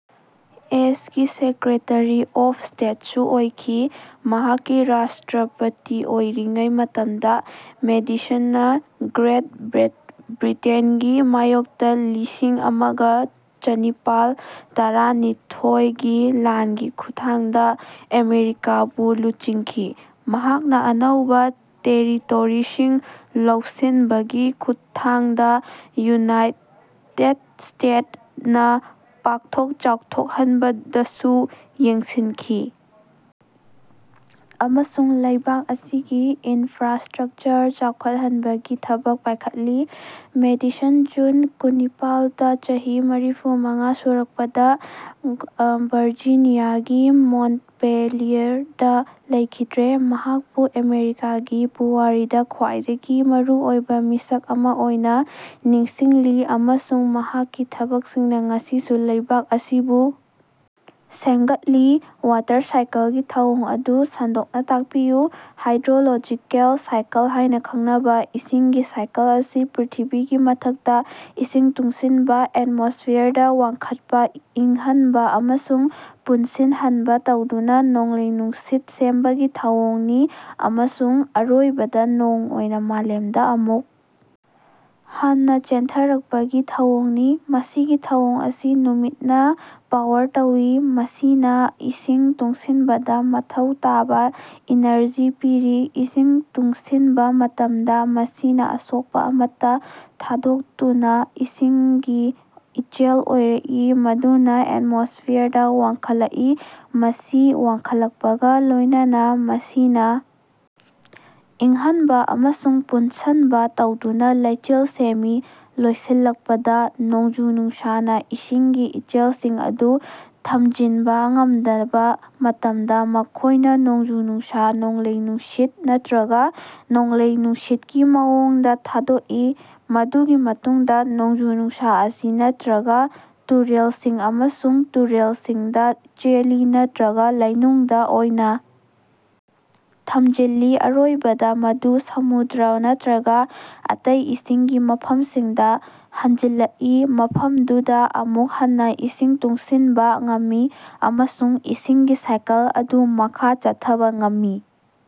ꯑꯦꯁ ꯀꯤ secretary of ꯁ꯭ꯇꯦꯠꯁꯨ ꯑꯣꯏꯈꯤ꯫ ꯃꯍꯥꯛꯀꯤ ꯔꯥꯁꯇ꯭ꯔꯥꯄꯇꯤ ꯑꯣꯏꯔꯤꯉꯩ ꯃꯇꯝꯗ ꯃꯦꯗꯤꯁꯟꯅ ꯒ꯭ꯔꯦꯠ ꯕ꯭ꯔꯤꯇꯦꯟꯒꯤ ꯃꯥꯌꯣꯛꯇ ꯂꯤꯁꯤꯡ ꯑꯃꯒ ꯆꯅꯤꯄꯥꯜ ꯇꯔꯥꯅꯤꯊꯣꯏꯒꯤ ꯂꯥꯟꯒꯤ ꯈꯨꯠꯊꯥꯡꯗ ꯑꯃꯦꯔꯤꯀꯥꯕꯨ ꯂꯨꯆꯤꯡꯈꯤ꯫ ꯃꯍꯥꯛꯅ ꯑꯅꯧꯕ ꯇꯦꯔꯤꯇꯣꯔꯤꯁꯤꯡ ꯂꯧꯁꯤꯟꯕꯒꯤ ꯈꯨꯠꯊꯥꯡꯗ ꯌꯨꯅꯥꯏꯇꯦꯗ ꯁ꯭ꯇꯦꯗ ꯅꯥ ꯄꯥꯛꯊꯣꯛ ꯆꯥꯎꯊꯣꯛꯍꯟꯕꯗꯁꯨ ꯌꯦꯡꯁꯤꯟꯈꯤ ꯑꯃꯁꯨꯡ ꯂꯩꯕꯥꯛ ꯑꯁꯤꯒꯤ ꯏꯅꯐ꯭ꯔꯥꯁꯇ꯭ꯔꯛꯆꯔ ꯆꯥꯎꯈꯠꯍꯟꯕꯒꯤ ꯊꯕꯛ ꯄꯥꯢꯈꯠꯂꯤ꯫ ꯃꯦꯗꯤꯁꯟ ꯖꯨꯟ ꯀꯨꯟꯅꯤꯄꯥꯜ ꯇꯥ ꯆꯍꯤ ꯃꯔꯤꯐꯨ ꯃꯉꯥ ꯁꯨꯔꯛꯄꯗ ꯚꯥꯔꯖꯤꯅꯤꯌꯥꯒꯤ ꯃꯣꯟꯇꯄꯦꯂꯤꯌꯔꯗ ꯂꯩꯈꯤꯗ꯭ꯔꯦ꯫ ꯃꯍꯥꯛꯄꯨ ꯑꯃꯦꯔꯤꯀꯥꯒꯤ ꯄꯨꯋꯥꯔꯤꯗ ꯈ꯭ꯋꯥꯏꯗꯒꯤ ꯃꯔꯨꯑꯣꯏꯕ ꯃꯤꯁꯛ ꯑꯃ ꯑꯣꯏꯅ ꯅꯤꯡꯁꯤꯡꯂꯤ ꯑꯃꯁꯨꯡ ꯃꯍꯥꯛꯀꯤ ꯊꯕꯛꯁꯤꯡꯅ ꯉꯁꯤꯁꯨ ꯂꯩꯕꯥꯛ ꯑꯁꯤꯕꯨ ꯁꯦꯝꯒꯠꯂꯤ꯫ ꯋꯥꯇꯔ ꯁꯥꯏꯀꯜꯒꯤ ꯊꯧꯑꯣꯡ ꯑꯗꯨ ꯁꯟꯗꯣꯛꯅ ꯇꯥꯛꯄꯤꯌꯨ꯫ ꯍꯥꯏꯗ꯭ꯔꯣꯂꯣꯖꯤꯀꯦꯜ ꯁꯥꯏꯀꯜ ꯍꯥꯢꯅ ꯈꯪꯅꯕ ꯏꯁꯤꯡꯒꯤ ꯁꯥꯏꯀꯜ ꯑꯁꯤ ꯄ꯭ꯔꯤꯊꯤꯕꯤꯒꯤ ꯃꯊꯛꯇ ꯏꯁꯤꯡ ꯇꯨꯡꯁꯤꯟꯕ ꯑꯦꯠꯃꯣꯁꯐꯤꯌꯔꯗ ꯋꯥꯡꯈꯠꯄ, ꯏꯪꯍꯟꯕ ꯑꯃꯁꯨꯡ ꯄꯨꯟꯁꯤꯟꯍꯟꯕ ꯇꯧꯗꯨꯅ ꯅꯣꯡꯂꯩ-ꯅꯨꯡꯁꯤꯠ ꯁꯦꯝꯕꯒꯤ ꯊꯧꯑꯣꯡꯅꯤ ꯑꯃꯁꯨꯡ ꯑꯔꯣꯏꯕꯗ ꯅꯣꯡ ꯑꯣꯏꯅ ꯃꯥꯂꯦꯝꯗ ꯑꯃꯨꯛ ꯍꯟꯅ ꯆꯦꯟꯊꯔꯛꯄꯒꯤ ꯊꯧꯑꯣꯡꯅꯤ꯫ ꯃꯁꯤꯒꯤ ꯊꯧꯑꯣꯡ ꯑꯁꯤ ꯅꯨꯃꯤꯠꯅ ꯄꯥꯋꯔ ꯇꯧꯏ ꯃꯁꯤꯅ ꯏꯁꯤꯡ ꯇꯨꯡꯁꯤꯟꯕꯗ ꯃꯊꯧ ꯇꯥꯕ ꯏꯅꯔꯖꯤ ꯄꯤꯔꯤ꯫ ꯏꯁꯤꯡ ꯇꯨꯡꯁꯤꯟꯕ ꯃꯇꯝꯗ ꯃꯁꯤꯅ ꯑꯁꯣꯛꯄ ꯑꯃꯠꯇ ꯊꯥꯗꯣꯛꯇꯨꯅ ꯏꯁꯤꯡꯒꯤ ꯏꯆꯦꯜ ꯑꯣꯏꯔꯛꯏ ꯃꯗꯨꯅ ꯑꯦꯠꯃꯣꯁꯐꯤꯌꯔꯗ ꯋꯥꯡꯈꯠꯂꯛꯏ꯫ ꯃꯁꯤ ꯋꯥꯡꯈꯠꯂꯛꯄꯒ ꯂꯣꯢꯅꯅꯥ ꯃꯁꯤꯅ ꯏꯪꯍꯟꯕ ꯑꯃꯁꯨꯡ ꯄꯨꯟꯁꯟꯕ ꯇꯧꯗꯨꯅꯥ ꯂꯩꯆꯤꯜ ꯁꯦꯝꯃꯤ꯫ ꯂꯣꯏꯁꯤꯜꯂꯛꯄꯗ ꯅꯣꯡꯖꯨ-ꯅꯨꯡꯁꯥꯅ ꯏꯁꯤꯡꯒꯤ ꯏꯆꯦꯜꯁꯤꯡ ꯑꯗꯨ ꯊꯝꯖꯤꯟꯕ ꯉꯝꯗꯕ ꯃꯇꯝꯗ ꯃꯈꯣꯢꯅ ꯅꯣꯡꯖꯨ-ꯅꯨꯡꯁꯥ, ꯅꯣꯡꯂꯩ-ꯅꯨꯡꯁꯤꯠ ꯅꯠꯇ꯭ꯔꯒ ꯅꯣꯡꯂꯩ-ꯅꯨꯡꯁꯤꯠꯀꯤ ꯃꯑꯣꯡꯗ ꯊꯥꯗꯣꯛꯏ꯫ ꯃꯗꯨꯒꯤ ꯃꯇꯨꯡꯗ ꯅꯣꯡꯖꯨ-ꯅꯨꯡꯁꯥ ꯑꯁꯤ ꯅꯠꯇ꯭ꯔꯒ ꯇꯨꯔꯦꯜꯁꯤꯡ ꯑꯃꯁꯨꯡ ꯇꯨꯔꯦꯜꯁꯤꯡꯗ ꯆꯦꯜꯂꯤ ꯅꯠꯇ꯭ꯔꯒ ꯂꯩꯅꯨꯡꯗ ꯑꯣꯏꯅ ꯊꯝꯖꯤꯜꯂꯤ ꯑꯔꯣꯏꯕꯗ ꯃꯗꯨ ꯁꯃꯨꯗ꯭ꯔ ꯅꯠꯇ꯭ꯔꯒ ꯑꯇꯩ ꯏꯁꯤꯡꯒꯤ ꯃꯐꯝꯁꯤꯡꯗ ꯍꯟꯖꯤꯜꯂꯛꯏ ꯃꯐꯝꯗꯨꯗ ꯑꯃꯨꯛ ꯍꯟꯅ ꯏꯁꯤꯡ ꯇꯨꯡꯁꯤꯟꯕ ꯉꯝꯃꯤ ꯑꯃꯁꯨꯡ ꯏꯁꯤꯡꯒꯤ ꯁꯥꯏꯀꯜ ꯑꯗꯨ ꯃꯈꯥ ꯆꯠꯊꯕ ꯉꯝꯃꯤ꯫